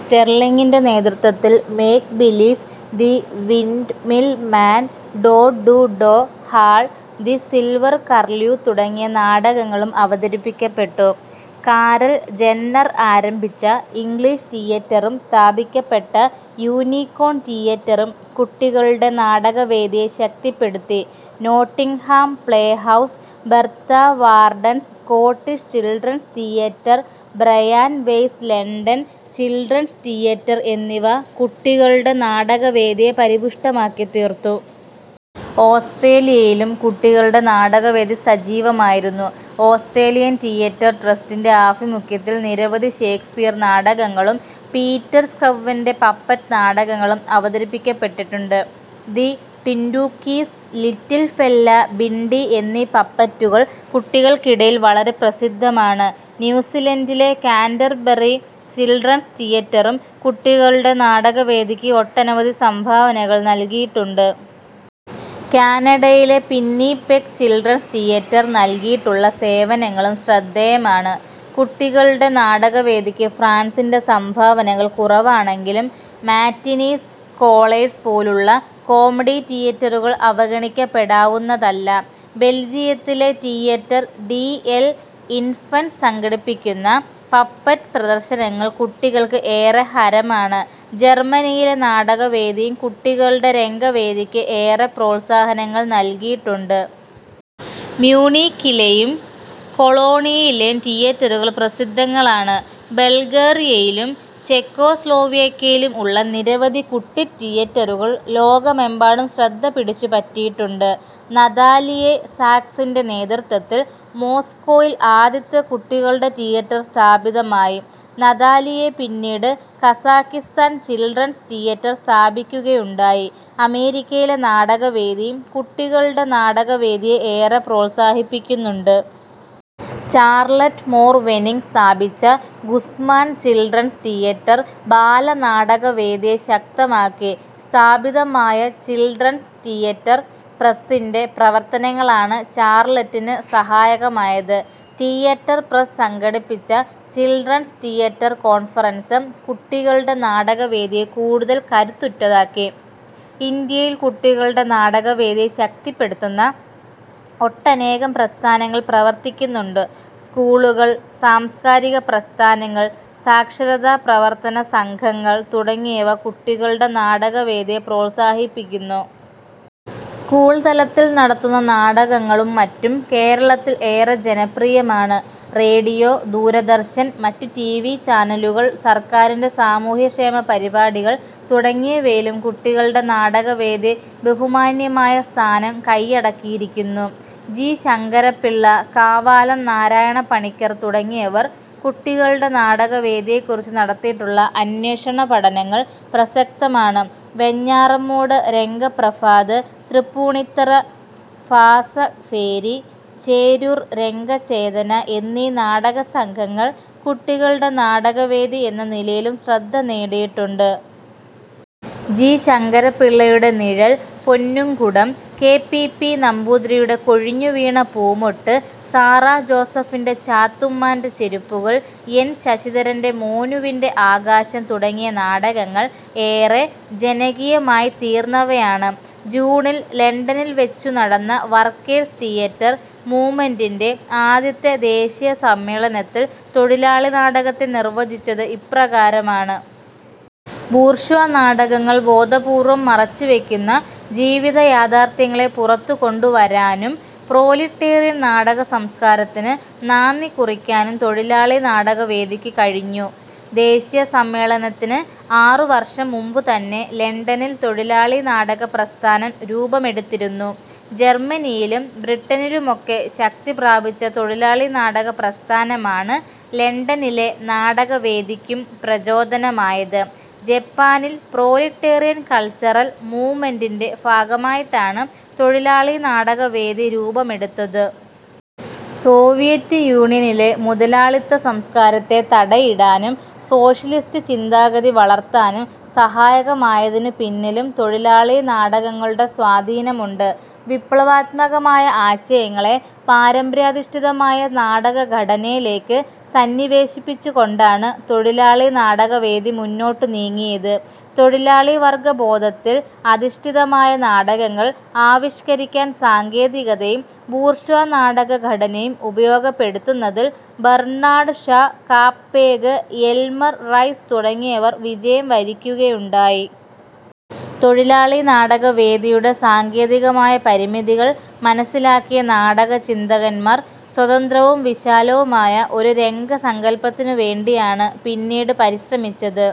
സ്റ്റെർലിങ്ങിൻ്റെ നേതൃത്വത്തിൽ make believe, the windmill man, Toad to Toad Hall, the silver curlew തുടങ്ങിയ നാടകങ്ങളും അവതരിക്കപ്പെട്ടു. Carol ജന്നർ ആരംഭിച്ച English തിയേറ്ററും സ്ഥാപിക്കപ്പെട്ട യൂനിക്കോൺ തിയേറ്ററും കുട്ടികളുടെ നാടകവേദിയെ ശക്തിപ്പെടുത്തി. Nottingham play house, Bertha Wardens Scottish children's theatre, Brian Way's London children's theatre എന്നിവ കുട്ടികളുടെ നാടകവേദിയെ പരിപുഷ്ടമാക്കിത്തീർത്തു. ഓസ്ട്രേലിയയിലും കുട്ടികളുടെ നാടകവേദി സജീവമായിരുന്നു. ഓസ്ട്രേലിയൻ തിയേറ്റർ ട്രസ്റ്റിൻ്റെ ആഭിമുഖ്യത്തിൽ നിരവധി ഷെയ്ക്സ്പിയർ നാടകങ്ങളും പീറ്റർ സ്ക്രൈവൻ്റെ പപ്പറ്റ് നാടകങ്ങളും അവതരിപ്പിക്കപ്പെട്ടിട്ടുണ്ട്. The Tintookies, little fella Bindi എന്നീ പപ്പറ്റുകൾ കുട്ടികൾക്കിടയിൽ വളരെ പ്രസിദ്ധമാണ്. ന്യൂസിലൻഡിലെ കാൻ്റർബറി ചിൽഡ്രൻസ് തിയേറ്ററും കുട്ടികളുടെ നാടകവേദിയ്ക്ക് ഒട്ടനവധി സംഭാവനകൾ നൽകിയിട്ടുണ്ട്. കാനഡയിലെ പിന്നിപെഗ് ചിൽഡ്രൻസ് തിയേറ്റർ നൽകിയിട്ടുള്ള സേവനങ്ങളും ശ്രദ്ധേയമാണ്. കുട്ടികളുടെ നാടകവേദിക്ക് ഫ്രാൻസിൻ്റെ സംഭാവനകൾ കുറവാണെങ്കിലും മാറ്റിനീസ് സ്കോളേഴ്സ് പോലുള്ള കോമഡി തിയേറ്ററുകൾ അവഗണിക്കപ്പെടാവുന്നതല്ല. ബെൽജിയത്തിലെ തിയേറ്റർ ഡി എൽ ഇൻഫൻസ് സംഘടിപ്പിക്കുന്ന പപ്പറ്റ് പ്രദർശനങ്ങൾ കുട്ടികൾക്ക് ഏറെ ഹരമാണ്. ജർമനിയിലെ നാടകവേദിയും കുട്ടികളുടെ രംഗവേദിക്ക് ഏറെ പ്രോത്സാഹനങ്ങൾ നൽകിയിട്ടുണ്ട്. മ്യൂണിക്കിലെയും കൊളോണിലെയും തിയേറ്ററുകൾ പ്രസിദ്ധങ്ങളാണ്. ബൾഗേറിയയിലും ചെക്കോസ്ലോവാക്യയിലും ഉള്ള നിരവധി കുട്ടി തിയേറ്ററുകൾ ലോകമെമ്പാടും ശ്രദ്ധ പിടിച്ചുപറ്റിയിട്ടുണ്ട്. നതാലിയേ സാക്സിൻ്റെ നേതൃത്വത്തിൽ മോസ്കോയിൽ ആദ്യത്തെ കുട്ടികളുടെ തിയേറ്റർ സ്ഥാപിതമായി. നതാലിയേ പിന്നീട് കസാക്കിസ്താൻ ചിൽഡ്രൻസ് തിയേറ്റർ സ്ഥാപിക്കുകയുണ്ടായി. അമേരിക്കയിലെ നാടകവേദിയും കുട്ടികളുടെ നാടകവേദിയെ ഏറെ പ്രോത്സാഹിപ്പിക്കുന്നുണ്ട്. ചാർലറ്റ് മോർവെനിങ് സ്ഥാപിച്ച ഗുസ്മാൻ ചിൽഡ്രൻസ് തിയേറ്റർ ബാലനാടകവേദിയെ ശക്തമാക്കി. സ്ഥാപിതമായ ചിൽഡ്രൻസ് തിയേറ്റർ പ്രസ്സിൻ്റെ പ്രവർത്തനങ്ങളാണ് ചാർലറ്റിന് സഹായകമായത്. തിയേറ്റർ പ്രസ് സംഘടിപ്പിച്ച ചിൽഡ്രൻസ് തിയേറ്റർ കോൺഫറൻസ്, കുട്ടികളുടെ നാടകവേദിയെ കൂടുതൽ കരുത്തുറ്റതാക്കി. ഇന്ത്യയിൽ, കുട്ടികളുടെ നാടകവേദിയെ ശക്തിപ്പെടുത്തുന്ന ഒട്ടനേകം പ്രസ്ഥാനങ്ങൾ പ്രവർത്തിക്കുന്നുണ്ട്. സ്കൂളുകൾ, സാംസ്കാരിക പ്രസ്ഥാനങ്ങൾ, സാക്ഷരതാ പ്രവർത്തനസംഘങ്ങൾ തുടങ്ങിയവ കുട്ടികളുടെ നാടകവേദിയെ പ്രോത്സാഹിപ്പിക്കുന്നു. സ്കൂൾ തലത്തിൽ നടത്തുന്ന നാടകങ്ങളും മറ്റും കേരളത്തിൽ ഏറെ ജനപ്രിയമാണ്. റേഡിയോ, ദൂരദർശൻ, മറ്റ് ടിവി ചാനലുകൾ, സർക്കാരിൻ്റെ സാമൂഹ്യക്ഷേമ പരിപാടികൾ തുടങ്ങിയവയിലും കുട്ടികളുടെ നാടകവേദി ബഹുമാന്യമായ സ്ഥാനം കയ്യടക്കിയിരിക്കുന്നു. ജി ശങ്കരപ്പിള്ള, കാവാലം നാരായണപ്പണിക്കർ തുടങ്ങിയവർ കുട്ടികളുടെ നാടകവേദിയെക്കുറിച്ച് നടത്തിയിട്ടുള്ള അന്വേഷണപഠനങ്ങൾ പ്രസക്തമാണ്. വെഞ്ഞാറമൂട് രംഗപ്രഭാത്, തൃപ്പൂണിത്തുറ ഭാസഭേരി, ചേരൂർ രംഗചേതന എന്നീ നാടകസംഘങ്ങൾ കുട്ടികളുടെ നാടകവേദി എന്ന നിലയിലും ശ്രദ്ധ നേടിയിട്ടുണ്ട്. ജി ശങ്കരപ്പിള്ളയുടെ Nizhal, Ponnumkudam, K P P നമ്പൂതിരിയുടെ കൊഴിഞ്ഞുവീണ പൂമൊട്ട്, സാറാ ജോസഫിൻ്റെ ചാത്തുമ്മാൻ്റെ ചെരുപ്പുകൾ, എൻ ശശിധരൻ്റെ മോനുവിൻ്റെ ആകാശം തുടങ്ങിയ നാടകങ്ങൾ ഏറെ ജനകീയമായിത്തീർന്നവയാണ്. ജൂണിൽ ലണ്ടനിൽ വെച്ചുനടന്ന വർക്കേഴ്സ് തിയേറ്റർ മൂവ്മെൻ്റിൻ്റെ ആദ്യത്തെ ദേശീയ സമ്മേളനത്തിൽ തൊഴിലാളി നാടകത്തെ നിർവചിച്ചത് ഇപ്രകാരമാണ്. ബൂർഷ്വാ നാടകങ്ങൾ ബോധപൂർവം മറച്ചുവെക്കുന്ന ജീവിത യാഥാർഥ്യങ്ങളെ പുറത്തുകൊണ്ടുവരാനും പ്രോലിട്ടേറിയൻ നാടക സംസ്കാരത്തിന് നാന്ദി കുറിക്കാനും തൊഴിലാളി നാടകവേദിക്കു കഴിഞ്ഞു. ദേശീയ സമ്മേളനത്തിന് ആറുവർഷം മുമ്പുതന്നെ ലണ്ടനിൽ തൊഴിലാളി നാടകപ്രസ്ഥാനം രൂപമെടുത്തിരുന്നു. ജർമനിയിലും ബ്രിട്ടനിലുമൊക്കെ ശക്തിപ്രാപിച്ച തൊഴിലാളിനാടക പ്രസ്ഥാനമാണ് ലണ്ടനിലെ നാടകവേദിക്കും പ്രചോദനമായത്. ജപ്പാനിൽ പ്രോലിട്ടേറിയൻ കൾച്ചറൽ മൂവ്മെൻ്റിൻ്റെ ഭാഗമായിട്ടാണ് തൊഴിലാളി നാടകവേദി രൂപമെടുത്തത്. സോവിയറ്റ് യൂണിയനിലെ മുതലാളിത്തസംസ്കാരത്തെ തടയിടാനും സോഷ്യലിസ്റ്റ് ചിന്താഗതി വളർത്താനും സഹായകമായതിന് പിന്നിലും തൊഴിലാളി നാടകങ്ങളുടെ സ്വാധീനമുണ്ട്. വിപ്ലവാത്മകമായ ആശയങ്ങളെ, പാരമ്പര്യാധിഷ്ഠിതമായ നാടകഘടനയിലേക്ക് സന്നിവേശിപ്പിച്ചുകൊണ്ടാണ് തൊഴിലാളി നാടകവേദി മുന്നോട്ട് നീങ്ങിയത്. തൊഴിലാളിവർഗബോധത്തിൽ അധിഷ്ഠിതമായ നാടകങ്ങൾ ആവിഷ്കരിക്കാൻ സാങ്കേതികതയും ബൂർഷ്വാനാടകഘടനയും ഉപയോഗപ്പെടുത്തുന്നതിൽ Bernard Shaw, Capek, Elmer Rice തുടങ്ങിയവർ വിജയം വരിക്കുകയുണ്ടായി. തൊഴിലാളിനാടകവേദിയുടെ സാങ്കേതികമായ പരിമിതികൾ മനസ്സിലാക്കിയ നാടക ചിന്തകന്മാർ, സ്വതന്ത്രവും വിശാലവുമായ ഒരു രംഗസങ്കൽപ്പത്തിന് വേണ്ടിയാണ് പിന്നീട് പരിശ്രമിച്ചത്.